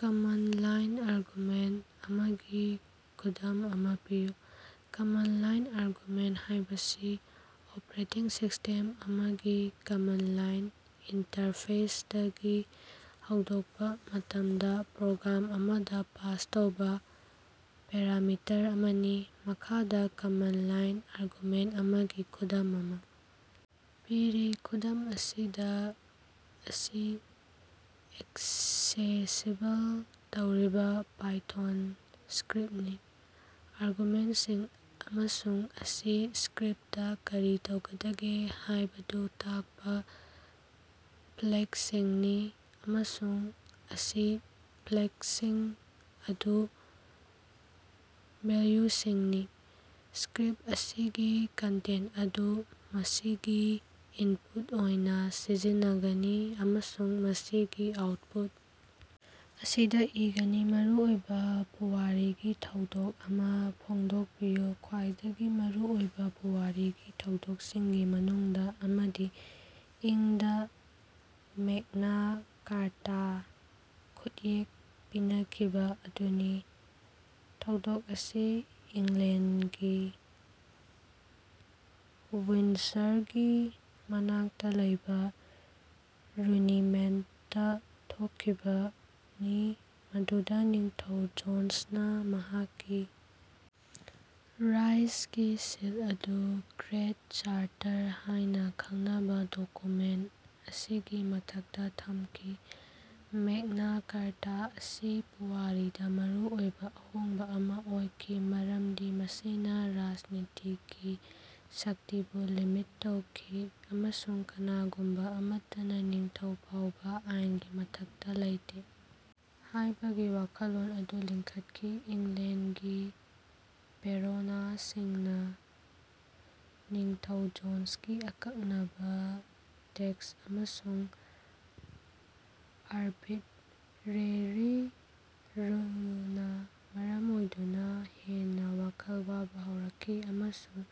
Command line argument ꯑꯃꯒꯤ ꯈꯨꯗꯝ ꯑꯃ ꯄꯤꯌꯨ꯫ ꯀꯃꯟꯗ ꯂꯥꯏꯟ ꯑꯥꯔꯒꯨꯃꯦꯟ ꯍꯥꯏꯕꯁꯤ ꯑꯣꯄꯔꯦꯇꯤꯡ ꯁꯤꯁꯇꯦꯝ ꯑꯃꯒꯤ ꯀꯃꯟꯗ ꯂꯥꯏꯟ ꯏꯟꯇꯔꯐꯦꯁ ꯗꯒꯤ ꯍꯧꯗꯣꯛꯄꯥ ꯃꯇꯝꯗ ꯄ꯭ꯔꯣꯒꯔꯥꯝ ꯑꯃꯗ ꯄꯥꯁ ꯇꯧꯕ ꯄꯦꯔꯥꯃꯤꯇꯔ ꯑꯃꯅꯤ꯫ ꯃꯈꯥꯗ ꯀꯃꯥꯟꯗ ꯂꯥꯏꯟ ꯑꯥꯔꯒꯨꯃꯦꯟ ꯑꯃꯒꯤ ꯈꯨꯗꯝ ꯑꯃ ꯄꯤꯔꯤ ꯈꯨꯗꯝ ꯑꯁꯤꯗ ꯑꯁꯤ ꯑꯦꯛꯁꯦꯁꯤꯕꯜ ꯇꯧꯔꯤꯕ ꯄꯥꯏꯊꯣꯟ ꯁꯀꯔꯤꯞꯅꯤ꯫ ꯑꯥꯔꯒꯨꯃꯦꯟꯁꯤꯡ ꯑꯃꯁꯨꯡ ꯑꯁꯤ ꯁꯀꯔꯤꯞꯇ ꯀꯔꯤ ꯇꯧꯒꯗꯒꯦ ꯍꯥꯌꯕꯗꯨ ꯇꯥꯛꯄ ꯐꯂꯦꯛꯁꯤꯡꯅꯤ ꯑꯃꯁꯨꯡ ꯑꯁꯤ ꯐꯂꯦꯛꯁꯤꯡ ꯑꯗꯨꯒꯤ ꯚꯦꯜꯌꯨꯁꯤꯡꯅꯤ꯫ ꯁꯀꯔꯤꯞ ꯑꯁꯤꯒꯤ ꯀꯟꯇꯦꯟ ꯑꯗꯨ ꯃꯁꯤꯒꯤ ꯏꯟꯄꯨꯠ ꯑꯣꯏꯅ ꯁꯤꯖꯤꯟꯅꯒꯅꯤ ꯑꯃꯁꯨꯡ ꯃꯁꯤꯒꯤ ꯑꯥꯎꯠꯄꯨꯠ ꯑꯁꯤꯗ ꯏꯒꯅꯤ꯫ ꯃꯔꯨꯑꯣꯏꯕ ꯄꯨꯋꯥꯔꯤꯒꯤ ꯊꯧꯗꯣꯛ ꯑꯃ ꯐꯣꯡꯗꯣꯛꯄꯤꯌꯨ꯫ ꯈ꯭ꯋꯥꯏꯗꯒꯤ ꯃꯔꯨ ꯑꯣꯏꯕ ꯄꯨꯋꯥꯔꯤꯒꯤ ꯊꯧꯗꯣꯛꯁꯤꯡꯒꯤ ꯃꯅꯨꯡꯗ ꯑꯃꯗꯤ ꯏꯪ ꯗ ꯃꯦꯛꯅꯥ ꯀꯥꯔꯇꯥꯗ ꯈꯨꯠꯌꯦꯛ ꯄꯤꯅꯈꯤꯕ ꯑꯗꯨꯅꯤ ꯊꯧꯗꯣꯛ ꯑꯁꯤ ꯏꯪꯂꯦꯟꯗꯒꯤ ꯋꯤꯟꯗꯁꯔꯒꯤ ꯃꯅꯥꯛꯇ ꯂꯩꯕ ꯔꯨꯅꯤꯃꯦꯠꯇꯥ ꯊꯣꯛꯈꯤꯕꯅꯤ ꯃꯗꯨꯗ ꯅꯤꯡꯊꯧ ꯖꯣꯟꯁꯅ ꯃꯍꯥꯛꯀꯤ ꯔꯥꯏꯖꯒꯤ ꯁꯤꯜ ꯑꯗꯨ ꯒ꯭ꯔꯦꯠ ꯆꯥꯔꯇꯔ ꯍꯥꯏꯅ ꯈꯪꯅꯕ ꯗꯣꯀꯨꯃꯦꯟ ꯑꯁꯤꯒꯤ ꯃꯊꯛꯇ ꯊꯝꯈꯤ꯫ ꯃꯦꯛꯅ ꯀꯥꯔꯇ ꯑꯁꯤ ꯄꯨꯋꯥꯔꯤꯗ ꯃꯔꯨꯑꯣꯏꯕ ꯑꯍꯣꯡꯕ ꯑꯃ ꯑꯣꯏꯈꯤ ꯃꯔꯝꯗꯤ ꯃꯁꯤꯅ ꯔꯥꯖꯅꯤꯇꯤꯒꯤ ꯁꯛꯇꯤꯕꯨ ꯂꯤꯃꯤꯠ ꯇꯧꯈꯤ ꯑꯃꯁꯨꯡ ꯀꯅꯥꯒꯨꯝꯕ ꯑꯃꯠꯇꯅ ꯅꯤꯡꯊꯧ ꯐꯥꯎꯕꯥ ꯑꯥꯏꯟꯒꯤ ꯃꯊꯛꯇ ꯂꯩꯇꯦ ꯍꯥꯌꯕꯒꯤ ꯋꯥꯈꯜꯂꯣꯟ ꯑꯗꯨ ꯂꯤꯡꯈꯠꯈꯤ꯫ ꯏꯪꯂꯦꯟꯗꯒꯤ ꯕꯦꯔꯣꯅꯁꯤꯡꯅ ꯅꯤꯡꯊꯧ ꯖꯣꯟꯁꯀꯤ ꯑꯀꯛꯅꯕ ꯇꯦꯛꯁ ꯑꯃꯁꯨꯡ ꯑꯔꯕꯤꯠꯔꯦꯔꯤ ꯔꯨꯜꯅꯥ ꯃꯔꯝ ꯑꯣꯏꯗꯨꯅ ꯍꯦꯟꯅ ꯋꯥꯈꯜ ꯋꯥꯕ ꯍꯧꯔꯛꯈꯤ ꯑꯃꯁꯨꯡ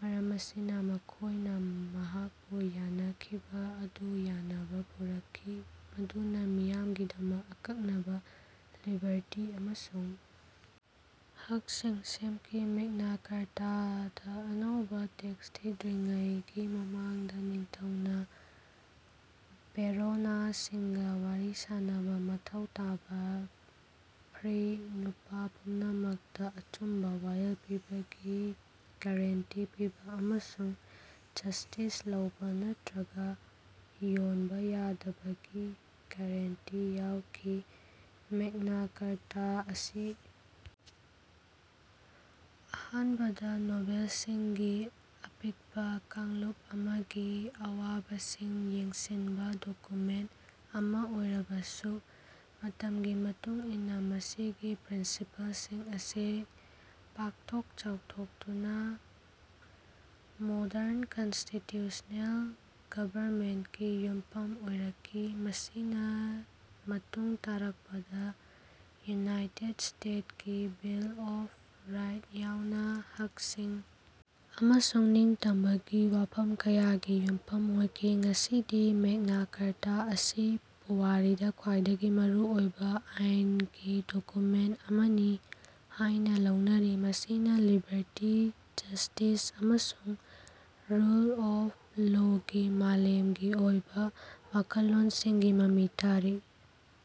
ꯃꯔꯝ ꯑꯁꯤꯅ ꯃꯈꯣꯏꯅ ꯃꯍꯥꯛꯄꯨ ꯌꯥꯅꯈꯤꯕ ꯑꯗꯨ ꯌꯥꯅꯕ ꯄꯨꯔꯛꯈꯤ ꯃꯗꯨꯅ ꯃꯤꯌꯥꯝꯒꯤꯗꯃꯛ ꯑꯀꯛꯅꯕ ꯂꯤꯕꯔꯇꯤ ꯑꯃꯁꯨꯡ ꯍꯛꯁꯤꯡ ꯁꯦꯝꯈꯤ꯫ ꯃꯦꯛꯅ ꯀꯥꯔꯇꯥꯗ ꯑꯅꯧꯕ ꯇꯦꯛꯁ ꯊꯤꯗ꯭ꯔꯤꯉꯩꯒꯤ ꯃꯃꯥꯡꯗ ꯅꯤꯡꯊꯧꯅ ꯕꯦꯔꯣꯅꯁꯤꯡꯒ ꯋꯥꯔꯤ ꯁꯥꯅꯕ ꯃꯊꯧ ꯇꯥꯕ ꯐ꯭ꯔꯤ ꯅꯨꯄꯥ ꯄꯨꯝꯅꯃꯛꯇ ꯑꯆꯨꯝꯕ ꯋꯥꯌꯦꯜ ꯄꯤꯕꯒꯤ ꯒꯔꯦꯟꯇꯤ ꯄꯤꯕ ꯑꯃꯁꯨꯡ ꯖꯁ꯭ꯇꯤꯁ ꯂꯧꯕ ꯅꯠꯇ꯭ꯔꯒ ꯌꯣꯟꯕ ꯌꯥꯗꯕꯒꯤ ꯒꯔꯦꯟꯇꯤ ꯌꯥꯎꯈꯤ꯫ ꯃꯦꯛꯅꯥ ꯀꯥꯔꯇ ꯑꯁꯤ ꯑꯍꯥꯅꯕꯗ ꯅꯣꯕꯦꯜꯁꯤꯡꯒꯤ ꯑꯄꯤꯀꯄ ꯀꯥꯡꯂꯨꯞ ꯑꯃꯒꯤ ꯑꯋꯥꯕꯁꯤꯡ ꯌꯦꯡꯁꯤꯟꯕ ꯗꯣꯀꯨꯃꯦꯟ ꯑꯃ ꯑꯣꯏꯔꯕꯁꯨ ꯃꯇꯝꯒꯤ ꯃꯇꯨꯡ ꯏꯟꯅ ꯃꯁꯤꯒꯤ ꯄ꯭ꯔꯤꯟꯁꯤꯄꯜꯁꯤꯡ ꯑꯁꯤ ꯄꯥꯛꯊꯣꯛ ꯆꯥꯎꯊꯣꯛꯇꯨꯅ ꯃꯣꯗꯔꯟ ꯀꯟꯁꯇꯤꯇꯨꯁ꯭ꯅꯦꯜ ꯒꯕꯔꯃꯦꯟꯀꯤ ꯌꯨꯝꯐꯝ ꯑꯣꯏꯔꯛꯈꯤ꯫ ꯃꯁꯤꯅ ꯃꯇꯨꯡ ꯇꯥꯔꯛꯄꯗ ꯌꯨꯅꯥꯏꯇꯦꯠ ꯁ꯭ꯇꯦꯁꯀꯤ ꯕꯤꯜ ꯑꯣꯐ ꯔꯥꯏꯠ ꯌꯥꯎꯅ ꯍꯛꯁꯤꯡ ꯑꯃꯁꯨꯡ ꯅꯤꯡꯇꯝꯕꯒꯤ ꯋꯥꯐꯝ ꯀꯌꯥꯒꯤ ꯌꯨꯝꯐꯝ ꯑꯣꯏꯈꯤ꯫ ꯉꯁꯤꯗꯤ ꯃꯦꯛꯅꯥ ꯀꯥꯔꯇ ꯑꯁꯤ ꯄꯨꯋꯥꯔꯤꯗ ꯈ꯭ꯋꯥꯏꯗꯒꯤ ꯃꯔꯨꯑꯣꯏꯕ ꯑꯥꯏꯟꯒꯤ ꯗꯣꯀꯨꯃꯦꯟ ꯑꯃꯅꯤ ꯍꯥꯏꯅ ꯂꯧꯅꯔꯤ ꯃꯁꯤꯅ ꯂꯤꯕꯔꯇꯤ ꯖꯁꯇꯤꯁ ꯑꯃꯁꯨꯡ ꯔꯨꯜ ꯑꯣꯐ ꯂꯣꯒꯤ ꯃꯥꯂꯦꯝꯒꯤ ꯑꯣꯏꯕ ꯋꯥꯈꯜꯂꯣꯟꯁꯤꯡꯒꯤ ꯃꯃꯤ ꯇꯥꯔꯤ꯫